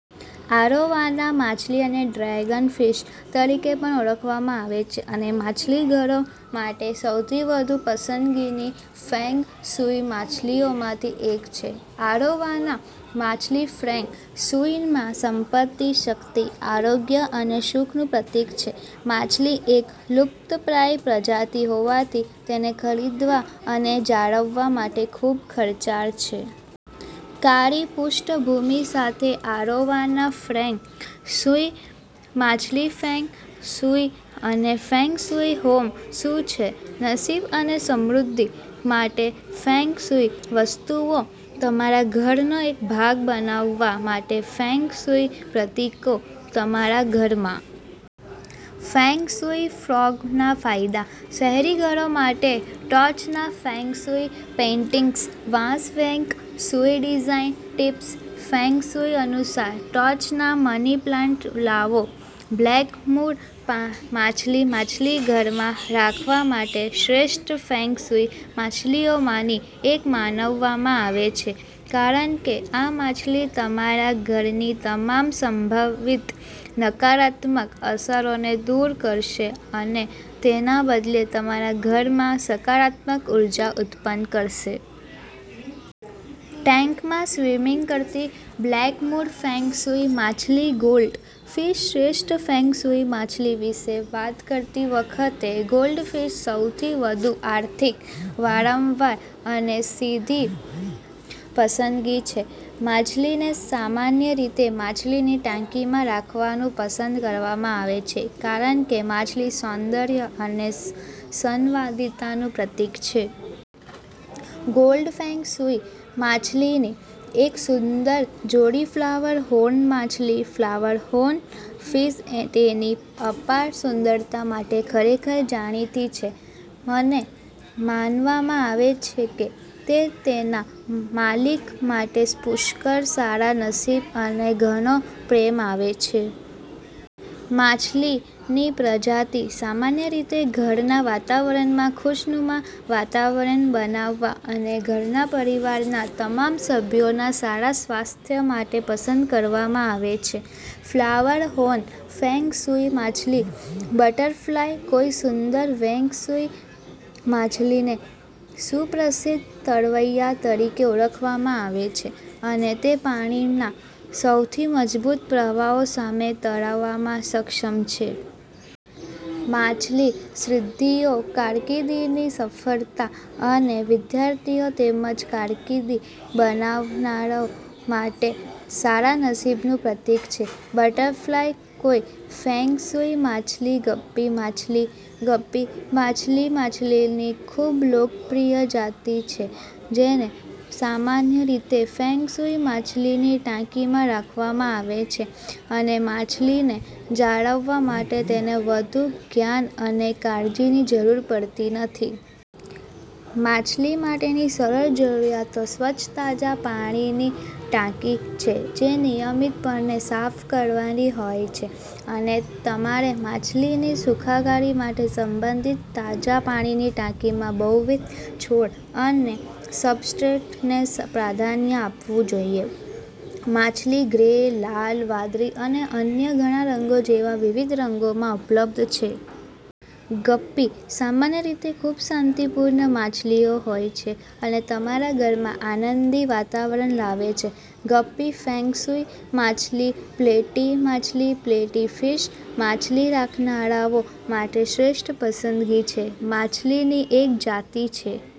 Arowana માછલી આને dragon fish તરીકે પણ ઓળખવામાં આવે છે અને માછલીઘરો માટે સૌથી વધુ પસંદગીની ફેંગ શુઇ માછલીઓમાંની એક છે. અરોવાના માછલી ફેંગ શુઇમાં સંપત્તિ, શક્તિ, આરોગ્ય અને સુખનું પ્રતીક છે. માછલી એક લુપ્તપ્રાય પ્રજાતિ હોવાથી તેને ખરીદવા અને જાળવવા માટે ખૂબ ખર્ચાળ છે. કાળી પૃષ્ઠભૂમિ સાથે અરોવાના ફેંગ શુઇ માછલી ફેંગ શુઇ અને ફેંગ શુઇ હોમ શું છે, નસીબ અને સમૃદ્ધિ માટે ફેંગ શુઇ વસ્તુઓ, તમારા ઘરનો એક ભાગ બનાવવા માટે ફેંગ શુઇ પ્રતીકો, તમારા ઘરમાં ફેંગશુઈ ફ્રોગના ફાયદા, શહેરી ઘરો માટે ટોચના ફેંગ શુઇ પેઇન્ટિંગ્સ, વાંસ feng shui design tips, feng shui અનુસાર ટોચના મની પ્લાન્ટ લાવો, બ્લેક મૂર માછલી માછલીઘરમાં રાખવા માટે શ્રેષ્ઠ ફેંગ શુઇ માછલીઓમાંની એક માનવામાં આવે છે કારણ કે આ માછલી તમારા ઘરની તમામ સંભવિત નકારાત્મક અસરોને દૂર કરશે અને તેના બદલે તમારા ઘરમાં સકારાત્મક ઉર્જા ઉત્પન્ન કરશે. ટેન્કમાં સ્વિમિંગ કરતી બ્લેક મૂર ફેંગ શુઇ માછલીગોલ્ડ ફિશ શ્રેષ્ઠ ફેંગ શુઇ માછલી વિશે વાત કરતી વખતે, ગોલ્ડફિશસૌથી વધુ આર્થિક, વારંવાર અને સીધી પસંદગી છે. માછલીને સામાન્ય રીતે માછલીની ટાંકીમાં રાખવાનું પસંદ કરવામાં આવે છે કારણ કેમાછલી સૌંદર્ય અને સંવાદિતાનું પ્રતીક છે. ગોલ્ડ ફેંગ શુઇ માછલીની એક સુંદર જોડીફ્લાવર હોર્ન માછલી ફ્લાવર હોર્ન ફિશ તેની અપાર સુંદરતા માટે ખરેખર જાણીતી છે અને માનવામાં આવે છે કે તે તેના માલિક માટે પુષ્કળ સારા નસીબ અને ઘણો પ્રેમ લાવે છે. માછલીનીપ્રજાતિ સામાન્ય રીતે ઘરના વાતાવરણમાં ખુશનુમા વાતાવરણ બનાવવા અને ઘરના પરિવારના તમામ સભ્યોના સારા સ્વાસ્થ્ય માટે પસંદ કરવામાં આવે છે. ફ્લાવર હોર્ન ફેંગ શુઇ માછલીબટરફ્લાય કોઈસુંદર ફેંગ શુઇ માછલીને સુપ્રસિદ્ધ તરવૈયા તરીકે ઓળખવામાં આવે છે અને તે પાણીના સૌથી મજબૂત પ્રવાહો સામે તરવામાં સક્ષમ છે. માછલી સિદ્ધિઓ, કારકિર્દીની સફળતા અને વિદ્યાર્થીઓ તેમજ કારકિર્દી બનાવનારાઓ માટે સારા નસીબનું પ્રતીક છે. બટરફ્લાય કોઈ ફેંગ શુઇ માછલીગપ્પી માછલી ગપ્પી માછલીમાછલીની ખૂબલોકપ્રિય જાતિ છે જેને સામાન્ય રીતે ફેંગ શુઇ માછલીની ટાંકીમાં રાખવામાં આવે છે, અનેમાછલીને જાળવવા માટે તેને વધુ જ્ઞાન અને કાળજીની જરૂર પડતી નથી. માછલી માટેની સરળ જરૂરિયાતો સ્વચ્છ તાજા પાણીની ટાંકી છે જે નિયમિતપણે સાફ કરવાની હોય છે, અને તમારેમાછલીની સુખાકારી માટે સંબંધિત તાજા પાણીની ટાંકીમાં બહુવિધ છોડ અને સબસ્ટ્રેટને પ્રાધાન્ય આપવું જોઈએ. માછલી ગ્રે, લાલ, વાદળી અને અન્ય ઘણા રંગો જેવા વિવિધ રંગોમાં ઉપલબ્ધ છે. ગપ્પી સામાન્ય રીતે ખૂબશાંતિપૂર્ણ માછલીઓ હોય છે અને તમારા ઘરમાં આનંદી વાતાવરણ લાવે છે. ગપ્પી ફેંગ શુઇ માછલીપ્લેટી માછલી પ્લેટી ફિશ માછલી રાખનારાઓ માટે શ્રેષ્ઠ પસંદગી છે. માછલીની એક જાતિ છે